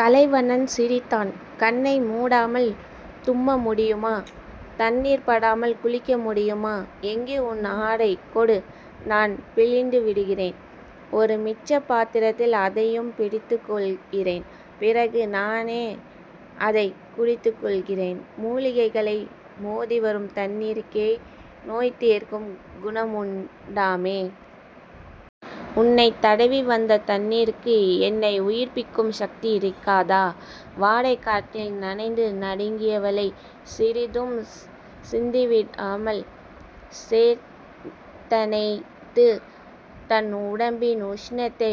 கலைவண்ணன் சிரித்தான். கண்ணை முடாமல் தும்ம முடியுமா? தண்ணீர் படாமல் குளிக்க முடியுமா? எங்கே உன் ஆடை கொடு. நான் பிழிந்து விடுகிறேன். ஒரு மிச்சப் பாத்திரத்தில் அதையும் பிடித்துக் கொள்கிறேன். பிறகு, நானே அதைக் குடித்துக் கொள்கிறேன். முலிகைகளை மோதிவரும் தண்ணீருக்கே நோய்தீர்க்கும் குணமுண்டாமே. உன்னைத் தடவி வந்த தண்ணீருக்கு என்னை உயிர்ப்பிக்கும் சக்தி இருக்காதா? வாடைக் காற்றில் நனைந்து நடுங்கியவளைச் சிறிதும் சிந்திவிடாமல் சேர்த்தணைத்துத் தன் உடம்பின் உஷணத்தை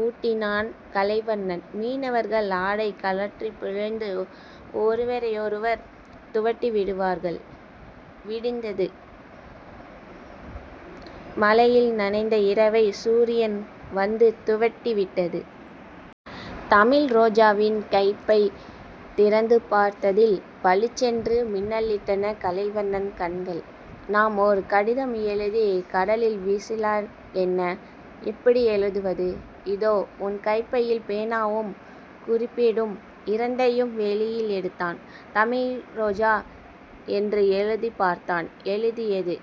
ஊட்டினான் கலைவண்ணன். மீனவர்கள் ஆடை கழற்றிப் பிழிந்து ஒருவரையொருவர் துவட்டிவிட்டார்கள். விடிந்தது. மழையில் நனைந்த இரவை சூரியன் வந்து துவட்டி விட்டது. தமிழ்ரோஜாவின் கைப்பை திறந்துபார்த்ததில் பளிச்சென்று மின்னலிட்டன கலைவண்ணன் கண்கள். நாம் ஒரு கடிதம் எழுதிக் கடலில் வீசினாலென்ன? எப்படி எழுதுவது? இதோ உன் கைப்பையில் பேனாவும் குறிப்பேடும்... இரண்டையும் வெளியில் எடுத்தான். தமிழ்ரோஜா என்று எழுதிப் பார்த்தான். எழுதியது.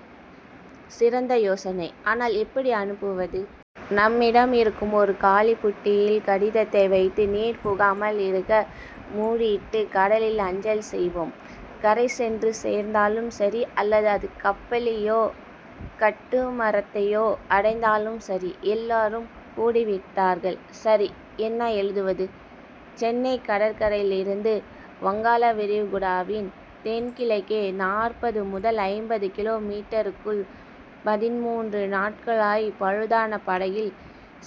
சிறந்த யோசனை. ஆனால், எப்படி அனுப்புவது? நம்மிடமிருக்கும் ஒரு காலிப்புட்டியில்... கடிதத்தை வைத்து நீர்புகாமல் இறுக மூடியிட்டுக் கடலில் அஞ்சல் செய்வோம். கரைசென்று சேர்ந்தாலும் சரி அல்லது கப்பலையோ கட்டுமரத்தையோ அடைந்தாலும் சரி எல்லோரும் கூடிவிட்டார்கள். சரி... என்ன எழுதுவது? சென்னைக் கடற்கரையிலிருந்து வங்காளவிரிகுடாவின் தென்கிழக்கே நாற்பது முதல் ஐம்பது கிலோ மீட்டருக்குள் பதின்முன்று நாட்களாய்ப் பழுதான படகில்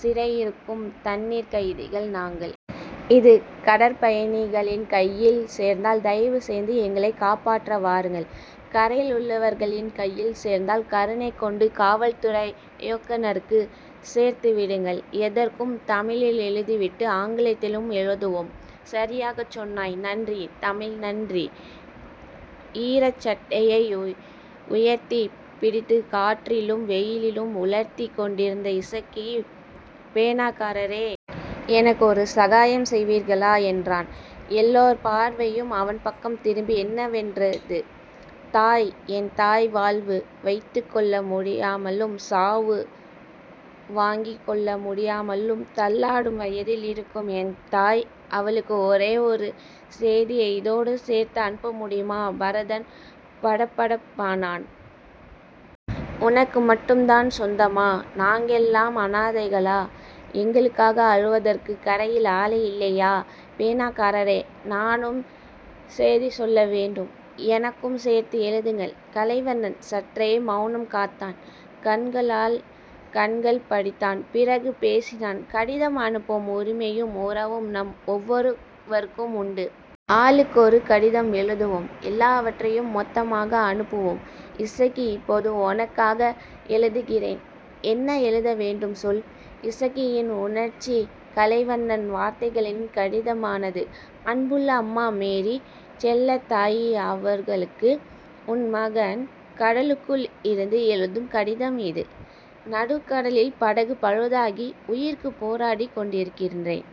சிறையிருக்கும் தண்ணீர்க் கைதிகள் நாங்கள். இது கடற்பயணிகளின் கையில் சேர்ந்தால் தயவுசெய்து எங்களைக் காப்பாற்ற வாருங்கள். கரையிலுள்ளவர்களின் கையில் சேர்ந்தால் கருணைகொண்டு காவல்துறை இயக்குநருக்குச் சேர்த்துவிடுங்கள். எதற்கும் தமிழில் எழுதிவிட்டு ஆங்கிலத்திலும் எழுதுவோம். சரியாகச் சொன்னாய்... நன்றி தமிழ். நன்றி. ஈரச்சட்டையை உயர்த்திப் பிடித்துக் காற்றிலும் வெயிலிலும் உலர்த்திக் கொண்டிருந்த இசக்கி, பேனாக்காரரே. எனக்கு ஒரு சகாயம் செய்வீர்களா? என்றான். எல்லோர் பார்வையும் அவன்பக்கம் திரும்பி என்னவென்றது. தாய் என் தாய் வாழ்வு, வைத்துக்கொள்ள முடியாமலும் சாவு, வாங்கிக் கொள்ள முடியாமலும் தள்ளாடும் வயதில் இருக்கும் என் தாய் அவளுக்கு ஒரே ஒரு சேதியை இத்தோடு சேர்த்து அனுப்பமுடியுமா? பரதன் படபடப்பானான். உனக்கு மட்டும்தான் சொந்தமா? நாங்களெல்லாம் அநாதைகளா? எங்களுக்காக அழுவதற்குக் கரையில் ஆளே இல்லையா? பேனாக்காரரே. நானும் சேதி சொல்ல வேண்டும். எனக்கும் சேர்த்து எழுதுங்கள். கலைவண்ணன் சற்றே மெளனம் காத்தான். கண்களால் கண்கள் படித்தான். பிறகு பேசினான். கடிதம் அனுப்பும் உரிமையும் உறவும் நம் ஒவ்வொருவருக்கும் உண்டு. ஆளுக்கொரு கடிதம் எழுதுவோம். எல்லாவற்றையும் மொத்தமாக அனுப்புவோம். இசக்கி இப்போது உனக்காக எழுதுகிறேன். என்ன எழுத வேண்டும் சொல். இசக்கியின் உணர்ச்சி கலைவண்ணன் வார்த்தைகளில் கடிதமானது. அன்புள்ள அம்மா மேரி செல்லத்தாயி அவர்களுக்கு. உன் மகன் கடலுக்குள் இருந்து எழுதும் கடிதம் இது. நடுக்கடலில் படகு பழுதாகி உயிருக்குப் போராடிக் கொண்டிருக்கின்றேன்.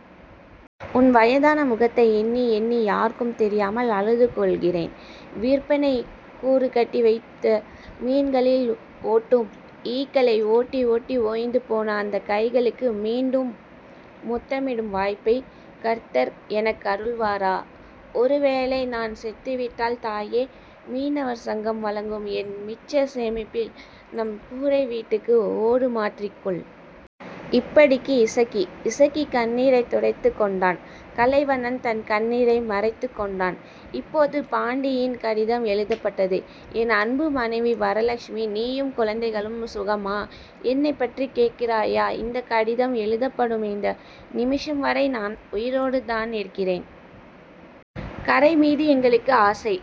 உன் வயதான முகத்தை எண்ணி எண்ணி யாருக்கும் தெரியாமல் அழுது கொள்கிறேன். விற்பனைக்குக் கூறுகட்டி வைத்த மீன்களில் ஒட்டும் ஈக்களை ஓட்டி ஓட்டி ஓய்ந்துபோன அந்தக் கைகளுக்கு மீண்டும் முத்தமிடும் வாய்ப்பைக் கர்த்தர் எனக்கருள்வாரா? ஒருவேளை, நான் செத்துவிட்டால், தாயே... மீனவர் சங்கம் வழங்கும் என் மிச்சச் சேமிப்பில் நம் கூரைவீட்டுக்கு ஓடு மாற்றிக் கொள். இப்படிக்கு, இசக்கி இசக்கி கண்ணீரைத் துடைத்துக் கொண்டான். கலைவண்ணன் தன் கண்ணீரை மறைத்துக் கொண்டான். இப்போது பாண்டியின் கடிதம் எழுதப்பட்டது. என் அன்பு மனைவி வரலட்சுமி. நீயும் குழந்தைகளும் சுகமா? என்னைப் பற்றிக் கேட்கிறாயா? இந்தக் கடிதம் எழுதப்படும் இந்த நிமிஷம் வரை நான் உயிரோடுதானிருக்கிறேன். கரைமீது எங்களுக்கு ஆசை.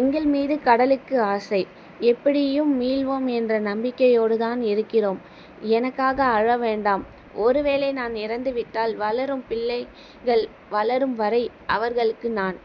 எங்கள்மீது கடலுக்கு ஆசை. எப்படியும் மீள்வோம் என்ற நம்பிக்கையோடுதான் இருக்கிறோம். எனக்காக அழ வேண்டாம். ஒருவேளை, நான் இறந்துவிட்டால் வளரும் பிள்ளைகள் வளரும் வரை அவர்களுக்கு நான்